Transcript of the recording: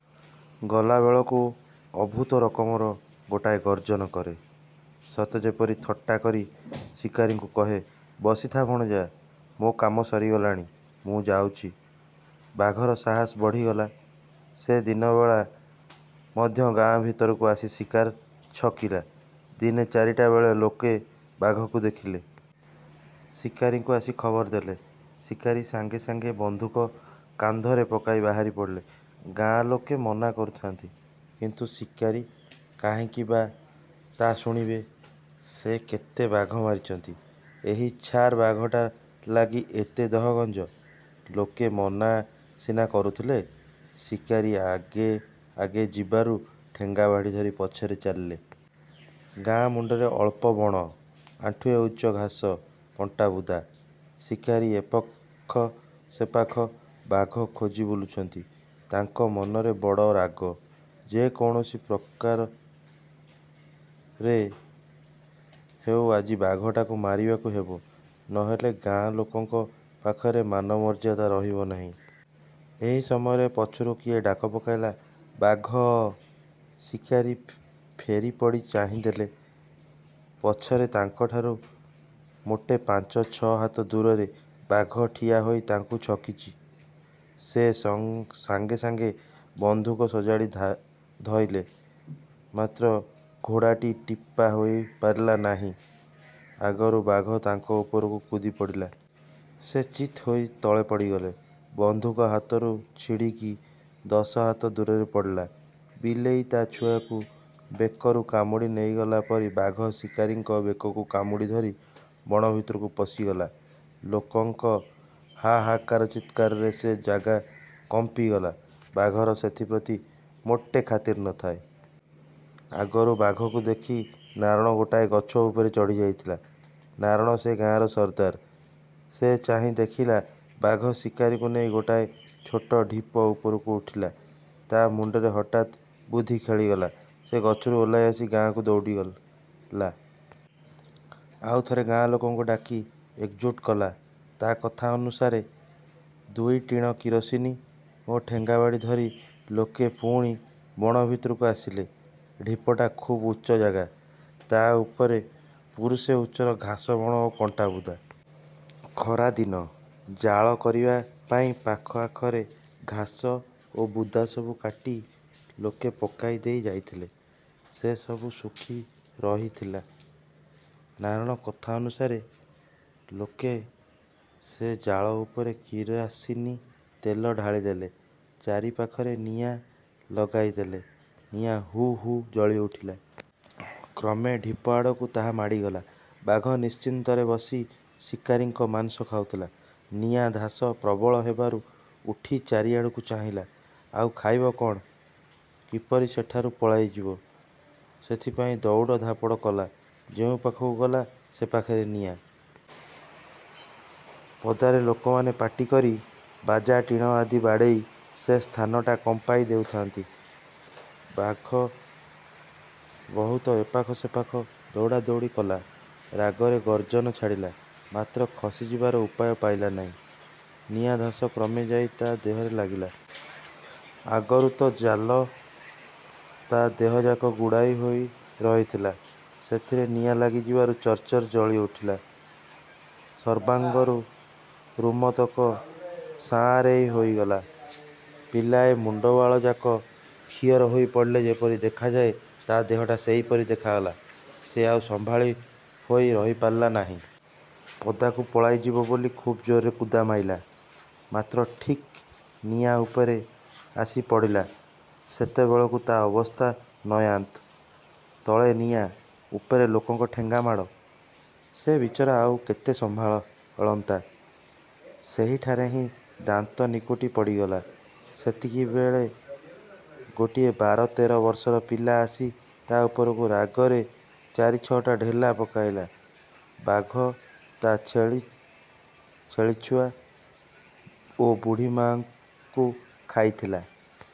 ଗଲାବେଳକୁ ଅଦ୍ଭୁତ ରକମର ଗୋଟାଏ ଗର୍ଜନ କରେ। ସତେ ଯେପରି ଥଟ୍ଟା କରି ଶିକାରୀଙ୍କୁ କହେ, ''ବାସିଥା ଭଣଜା, ମୋ କାମ ସରିଗଲାଣି, ମୁଁ ଯାଉଛି। '' ବାଘର ସାହସ ବଢ଼ିଗଲା। ସେ ଦିନବେଳା ମଧ୍ୟ ଗାଁ ଭିତରକୁ ଆସି ଶିକାର ଛକିଲା। ଦିନେ ଚାରିଟାବେଳେ ଲୋକେ ବାଘକୁ ଦେଖିଲେ। ଶିକାରୀଙ୍କୁ ଆସି ଖବର ଦେଲେ। ଶିକାରୀ ସାଙ୍ଗେସାଙ୍ଗେ ବନ୍ଧୁକ କାନ୍ଧରେ ପକାଇ ବାହାରି ପଡ଼ିଲେ। ଗାଁଲୋକେ ମନା କରୁଥାନ୍ତି; କିନ୍ତୁ ଶିକାରୀ କାହିଁକି ବା ତା ଶୁଣିବେ? ସେ କେତେ ବାଘ ମାରିଛନ୍ତି, ଏହି ଛାର ବାଘଟା ଲାଗି ଏତେ ଦହଗଞ୍ଜ! ଲୋକେ ମନା ସିନା କରୁଥିଲେ, ଶିକାରୀ ଆଗେଆଗେ ଯିବାରୁ ଠେଙ୍ଗାବାଡ଼ି ଧରି ପଛରେ ଚାଲିଲେ। ଗାଁ ମୁଣ୍ଡରେ ଅଳ୍ପ ବଣ, ଆଣ୍ଠୁଏ ଉଚ୍ଚ ଘାସ, କଣ୍ଟାବୁଦା। ଶିକାରୀ ଏପାଖ ସେପାଖ ବାଘ ଖୋଜି ବୁଲୁଛନ୍ତି। ତାଙ୍କ ମନରେ ବଡ଼ ରାଗ। ଯେ କୌଣସି ପ୍ରକାରେ ହେଉ ଆଜି ବାଘଟାକୁ ମାରିବାକୁ ହେବ। ନ ହେଲେ ଗାଁ ଲୋକଙ୍କ ପାଖରେ ମାନମର୍ଯ୍ୟାଦା ରହିବ ନାହିଁ। ଏହି ସମୟରେ ପଛରୁ କିଏ ଡାକ ପକାଇଲା, 'ବାଘ'। ଶିକାରୀ ଫେରିପଡ଼ି ଚାହିଁଦେଲେ। ପଛରେ ତାଙ୍କଠାରୁ ମୋଟେ ପାଞ୍ଚ ଛ ହାତ ଦୂରରେ ବାଘ ଠିଆ ହୋଇ ତାଙ୍କୁ ଛକିଛି-। ସେ ସାଙ୍ଗେସାଙ୍ଗେ ବନ୍ଧୁକ ସଜାଡ଼ି ଧଇଲେ; ମାତ୍ର ଘୋଡ଼ାଟି ଟିପା ହୋଇପାରିଲା ନାହିଁ। ଆଗରୁ ବାଘ ତାଙ୍କ ଉପରକୁ କୁଦିପଡ଼ିଲା। ସେ ଚିତ୍ ହୋଇ ତଳେ ପଡ଼ିଗଲେ। ବନ୍ଧୁକ ହାତରୁ ଛିଡ଼ିକି ଦଶ ହାତ ଦୂରରେ ପଡ଼ିଲା। ବିଲେଇ ତା ଛୁଆକୁ ବେକରୁ କାମୁଡ଼ି ନେଇଗଲା ପରି ବାଘ ଶିକାରୀଙ୍କ ବେକକୁ କାମୁଡ଼ି ଧରି ବଣଭିତରକୁ ପଶିଗଲା। ଲୋକଙ୍କ ହାହାକାର ଚିତ୍କାରରେ ସେ ଜାଗା କମ୍ପିଗଲା। ବାଘର ସେଥିପ୍ରତି ମୋଟେ ଖାତିର ନ ଥାଏ। ଆଗରୁ ବାଘକୁ ଦେଖି ନାରଣ ଗୋଟାଏ ଗଛ ଉପରେ ଚଢ଼ିଯାଇଥିଲା। ନାରଣ ସେ ଗାଁର ସର୍ଦ୍ଦାର। ସେ ଚାହିଁ ଦେଖିଲା, ବାଘ ଶିକାରୀଙ୍କୁ ନେଇ ଗୋଟାଏ ଛୋଟ ଢିପ ଉପରକୁ ଉଠିଲା। ତା ମୁଣ୍ଡରେ ହଠାତ୍ ବୁଦ୍ଧି ଖେଳିଗଲା। ସେ ଗଛରୁ ଓହ୍ଲାଇ ଆସି ଗାଁକୁ ଦଉଡ଼ିଲା। ଆଉ ଥରେ ଗାଁ ଲୋକଙ୍କୁ ଡାକି ଏକଜୁଟ କଲା। ତା କଥା ଅନୁସାରେ ଦୁଇ ଟିଣ କିରାସିନି ଓ ଠେଙ୍ଗାବାଡ଼ି ଧରି ଲୋକେ ପୁଣି ବଣ ଭିତରକୁ ଆସିଲେ। ଢିପଟା ଖୁବ୍ ଉଚ୍ଚ ଜାଗା, ତା ଉପରେ ପୁରୁଷେ ଉଚ୍ଚର ଘାସ ବଣ ଓ କଣ୍ଟାବୁଦା। ଖରା ଦିନ। ଜାଳ କରିବା ପାଇଁ ପାଖ ଆଖରେ ଘାସ ଓ ବୁଦାସବୁ କାଟି ଲୋକେ ପକାଇ ଦେଇ ଯାଇଥିଲେ। ସେ ସବୁ ଶୁଖି ରହିଥିଲା। ନାରଣ କଥା ଅନୁସାରେ ଲୋକେ ସେ ଜାଳଉପରେ କିରାସିନି ତେଲ ଢାଳିଦେଲେ; ଚାରିପାଖରେ ନିଆଁ ଲଗାଇଦେଲେ। ନିଆଁ ହୁ ହୁ ଜଳିଉଠିଲା। କ୍ରମେ ଢିପଆଡ଼କୁ ତାହା ମାଡ଼ିଗଲା। ବାଘ ନିଶ୍ଚିନ୍ତରେ ବସି ଶିକାରୀଙ୍କ ମାଂସ ଖାଉଥିଲା। ନିଆଁ ଧାସ ପ୍ରବଳ ହେବାରୁ ଉଠି ଚାରିଆଡ଼କୁ ଚାହିଁଲା। ଆଉ ଖାଇବ କଅଣ? କିପରି ସେଠାରୁ ପଳାଇଯିବ, ସେଥିପାଇଁ ଦଉଡ଼ ଧାପଡ଼ କଲା। ଯେଉଁ ପାଖକୁ ଗଲା, ସେ ପାଖରେ ନିଆଁ। ପଦାରେ ଲୋକମାନେ ପାଟି କରି, ବାଜା ଟିଣ ଆଦି ବାଡ଼େଇ ସେ ସ୍ଥାନଟା କମ୍ପାଇ ଦେଉଥାଆନ୍ତି। ବାଘ ବହୁତ ଏପାଖ ସେପାଖ ଦଉଡ଼ାଦଉଡ଼ି କଲା। ରାଗରେ ଗର୍ଜନ ଛାଡ଼ିଲା। ମାତ୍ର ଖସିଯିବାର ଉପାୟ ପାଇଲା ନାହିଁ। ନିଆଁ ଧାସ କ୍ରମେ ଯାଇ ତା ଦେହରେ ଲାଗିଲା। ଆଗରୁ ତ ଜାଲ ତା ଦେହଯାକ ଗୁଡ଼ାଇ ହୋଇ ରହିଥିଲା। ସେଥିରେ ନିଆଁ ଲାଗି ଯିବାରୁ ଚର୍ ଚର୍ ଜଳିଉଠିଲା। ସର୍ବାଙ୍ଗରୁ ରୁମତକ ସାଆଁରେଇ ହୋଇଗଲା। ପିଲାଏ ମୁଣ୍ଡବାଳଯାକ ଖିଅର ହୋଇ ପଡ଼ିଲେ ଯେପରି ଦେଖାଯାଏ, ତା ଦେହଟା ସେହିପରି ଦେଖାଗଲା। ସେ ଆଉ ସମ୍ଭାଳି ହୋଇ ରହିପାରିଲା ନାହିଁ। ପଦାକୁ ପଳାଇଯିବ ବୋଲି ଖୁବ୍ ଜୋରରେ କୁଦା ମାଇଲା। ମାତ୍ର ଠିକ୍ ନିଆଁ ଉପରେ ଆସି ପଡ଼ିଲା। ସେତେବେଳକୁ ତା ଅବସ୍ଥା ନୟାନ୍ତ। ତଳେ ନିଆଁ, ଉପରେ ଲୋକଙ୍କ ଠେଙ୍ଗାମାଡ଼। ସେ ବିଚରା ଆଉ କେତେ ସମ୍ଭାଳନ୍ତା? ସେହିଠାରେ ହିଁ ଦାନ୍ତ ନିକୁଟି ପଡ଼ିଗଲା। ସେତିକିବେଳେ ଗୋଟିଏ ବାର ତେର ବର୍ଷର ପିଲା ଆସି ତା ଉପରକୁ ରାଗରେ ଚାରି ଛଅଟା ଢେଲା ପକାଇଲା। ବାଘ ତା ଛେଳି, ଛେଳିଛୁଆ ଓ ବୁଢ଼ୀମାଆଙ୍କୁ ଖାଇଥିଲା।